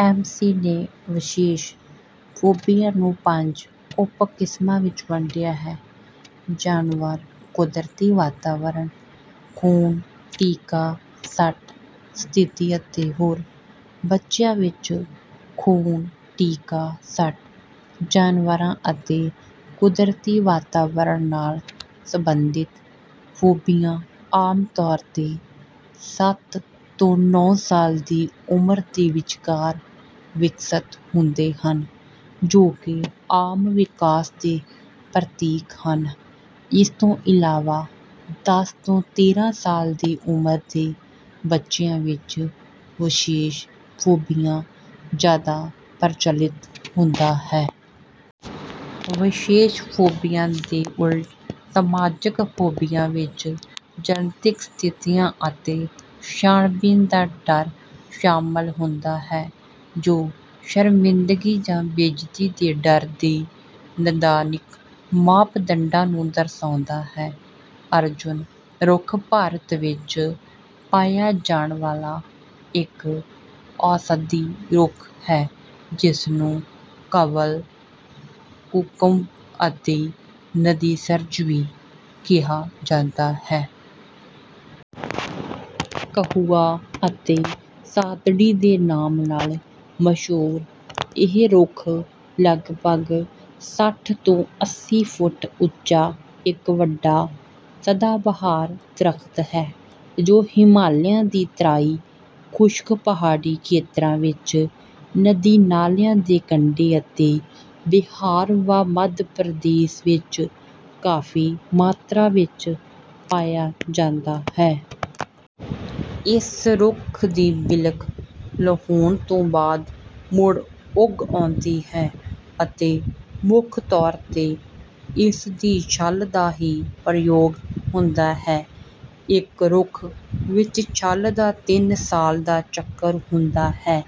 M C ਨੇ ਵਿਸ਼ੇਸ਼ phobia ਨੂੰ ਪੰਜ ਉਪ-ਕਿਸਮਾਂ ਵਿੱਚ ਵੰਡਿਆ ਹੈ: ਜਾਨਵਰ, ਕੁਦਰਤੀ ਵਾਤਾਵਰਣ, ਖੂਨ-ਟੀਕਾ-ਸੱਟ, ਸਥਿਤੀ ਅਤੇ ਹੋਰ। ਬੱਚਿਆਂ ਵਿੱਚ ਖੂਨ-ਟੀਕਾ-ਸੱਟ, ਜਾਨਵਰਾਂ ਅਤੇ ਕੁਦਰਤੀ ਵਾਤਾਵਰਣ ਨਾਲ ਸੰਬੰਧਿਤ ਫੋਬੀਆ ਆਮ ਤੌਰ 'ਤੇ ਸੱਤ ਤੋਂ ਨੌਂ ਸਾਲ ਦੀ ਉਮਰ ਦੇ ਵਿਚਕਾਰ ਵਿਕਸਤ ਹੁੰਦੇ ਹਨ, ਜੋ ਕਿ ਆਮ ਵਿਕਾਸ ਦੇ ਪ੍ਰਤੀਕ ਹਨ; ਇਸ ਤੋਂ ਇਲਾਵਾ, ਦਸ ਤੋਂ ਤੇਰਾਂ ਸਾਲ ਦੀ ਉਮਰ ਦੇ ਬੱਚਿਆਂ ਵਿੱਚ ਵਿਸ਼ੇਸ਼ ਫੋਬੀਆ ਜ਼ਿਆਦਾ ਪ੍ਰਚਲਿਤ ਹੁੰਦਾ ਹੈ। ਵਿਸ਼ੇਸ਼ ਫੋਬੀਆ ਦੇ ਉਲਟ, ਸਮਾਜਿਕ ਫੋਬੀਆ ਵਿੱਚ ਜਨਤਕ ਸਥਿਤੀਆਂ ਅਤੇ ਛਾਣਬੀਣ ਦਾ ਡਰ ਸ਼ਾਮਲ ਹੁੰਦਾ ਹੈ, ਜੋ ਸ਼ਰਮਿੰਦਗੀ ਜਾਂ ਬੇਇੱਜ਼ਤੀ ਦੇ ਡਰ ਦੇ ਨਿਦਾਨਿਕ ਮਾਪਦੰਡਾਂ ਨੂੰ ਦਰਸਾਉਂਦਾ ਹੈ। ਅਰਜੁਨ ਰੁੱਖ ਭਾਰਤ ਵਿੱਚ ਪਾਇਆ ਜਾਣ ਵਾਲਾ ਇੱਕ ਔਸ਼ਧੀ ਰੁੱਖ ਹੈ, ਜਿਸਨੂੰ ਘਵਲ, ਕਕੁਭ ਅਤੇ ਨਦੀਸਰਜ ਵੀ ਕਿਹਾ ਜਾਂਦਾ ਹੈ। ਕਹੁਆ ਅਤੇ ਸਾਦੜੀ ਦੇ ਨਾਮ ਨਾਲ ਮਸ਼ਹੂਰ ਇਹ ਰੁੱਖ ਲਗਭਗ ਸੱਠ ਤੋਂ ਅੱਸੀਂ ਫੁੱਟ ਉੱਚਾ ਇੱਕ ਵੱਡਾ ਸਦਾਬਹਾਰ ਦਰਖਤ ਹੈ, ਜੋ ਹਿਮਾਲਿਆ ਦੀ ਤਰਾਈ, ਖੁਸ਼ਕ ਪਹਾੜੀ ਖੇਤਰਾਂ ਵਿੱਚ ਨਦੀ-ਨਾਲਿਆਂ ਦੇ ਕੰਢੇ ਅਤੇ ਬਿਹਾਰ ਵਾ ਮੱਧ ਪ੍ਰਦੇਸ਼ ਵਿੱਚ ਕਾਫ਼ੀ ਮਾਤਰਾ ਵਿੱਚ ਪਾਇਆ ਜਾਂਦਾ ਹੈ। ਇਸ ਰੁੱਖ ਦੀ ਬਿਲਕ ਲਾਹੁਣ ਤੋਂ ਬਾਅਦ ਮੁੜ ਉੱਗ ਆਉਂਦੀ ਹੈ ਅਤੇ ਮੁੱਖ ਤੌਰ 'ਤੇ ਇਸ ਦੀ ਛੱਲ ਦਾ ਹੀ ਪ੍ਰਯੋਗ ਹੁੰਦਾ ਹੈ; ਇੱਕ ਰੁੱਖ ਵਿੱਚ ਛੱਲ ਦਾ ਤਿੰਨ ਸਾਲ ਦਾ ਚੱਕਰ ਹੁੰਦਾ ਹੈ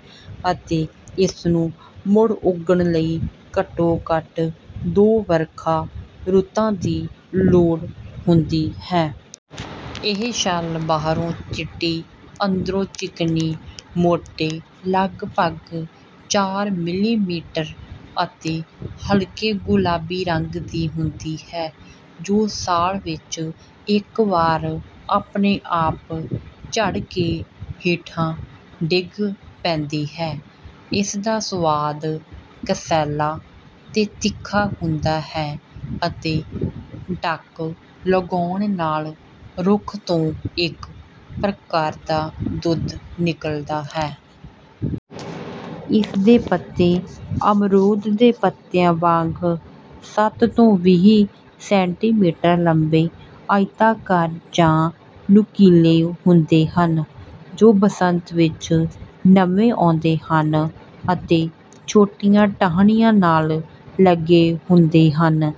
ਅਤੇ ਇਸਨੂੰ ਮੁੜ ਉੱਗਣ ਲਈ ਘੱਟੋ-ਘੱਟ ਦੋ ਵਰਖਾ ਰੁੱਤਾਂ ਦੀ ਲੋੜ ਹੁੰਦੀ ਹੈ। ਇਹ ਛੱਲ ਬਾਹਰੋਂ ਚਿੱਟੀ, ਅੰਦਰੋਂ ਚਿਕਨੀ, ਮੋਟੀ ਲਗਭਗਚਾਰਮਿਲੀਮੀਟਰ ਅਤੇ ਹਲਕੇ ਗੁਲਾਬੀ ਰੰਗ ਦੀ ਹੁੰਦੀ ਹੈ, ਜੋ ਸਾਲ ਵਿੱਚ ਇੱਕ ਵਾਰ ਆਪਣੇ ਆਪ ਝੜ ਕੇ ਹੇਠਾਂ ਡਿੱਗ ਪੈਂਦੀ ਹੈ। ਇਸ ਦਾ ਸਵਾਦ ਕਸੈਲਾ ਤੇ ਤਿੱਖਾ ਹੁੰਦਾ ਹੈ ਅਤੇ ਟੱਕ ਲਗਾਉਣ ਨਾਲ ਰੁੱਖ ਤੋਂ ਇੱਕ ਪ੍ਰਕਾਰ ਦਾ ਦੁੱਧ ਨਿਕਲਦਾ ਹੈ। ਇਸ ਦੇ ਪੱਤੇ ਅਮਰੂਦ ਦੇ ਪੱਤਿਆਂ ਵਾਂਗ ਸੱਤ ਤੋਂ ਵੀਹ ਸੈਂਟੀਮੀਟਰ ਲੰਬੇ ਆਇਤਾਕਾਰ ਜਾਂ ਨੁਕੀਲੇ ਹੁੰਦੇ ਹਨ, ਜੋ ਬਸੰਤ ਵਿੱਚ ਨਵੇਂ ਆਉਂਦੇ ਹਨ ਅਤੇ ਛੋਟੀਆਂ ਟਾਹਣੀਆਂ ਨਾਲ ਲੱਗੇ ਹੁੰਦੇ ਹਨ;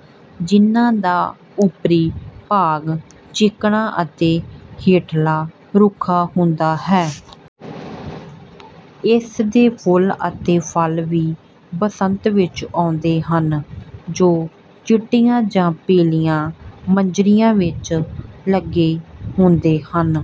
ਜਿਨ੍ਹਾਂ ਦਾ ਉੱਪਰੀ ਭਾਗ ਚਿਕਨਾ ਅਤੇ ਹੇਠਲਾ ਰੁੱਖਾ ਹੁੰਦਾ ਹੈ। ਇਸ ਦੇ ਫੁੱਲ ਅਤੇ ਫਲ ਵੀ ਬਸੰਤ ਵਿੱਚ ਆਉਂਦੇ ਹਨ, ਜੋ ਚਿੱਟੀਆਂ ਜਾਂ ਪੀਲੀਆਂ ਮੰਜਰੀਆਂ ਵਿੱਚ ਲੱਗੇ ਹੁੰਦੇ ਹਨ।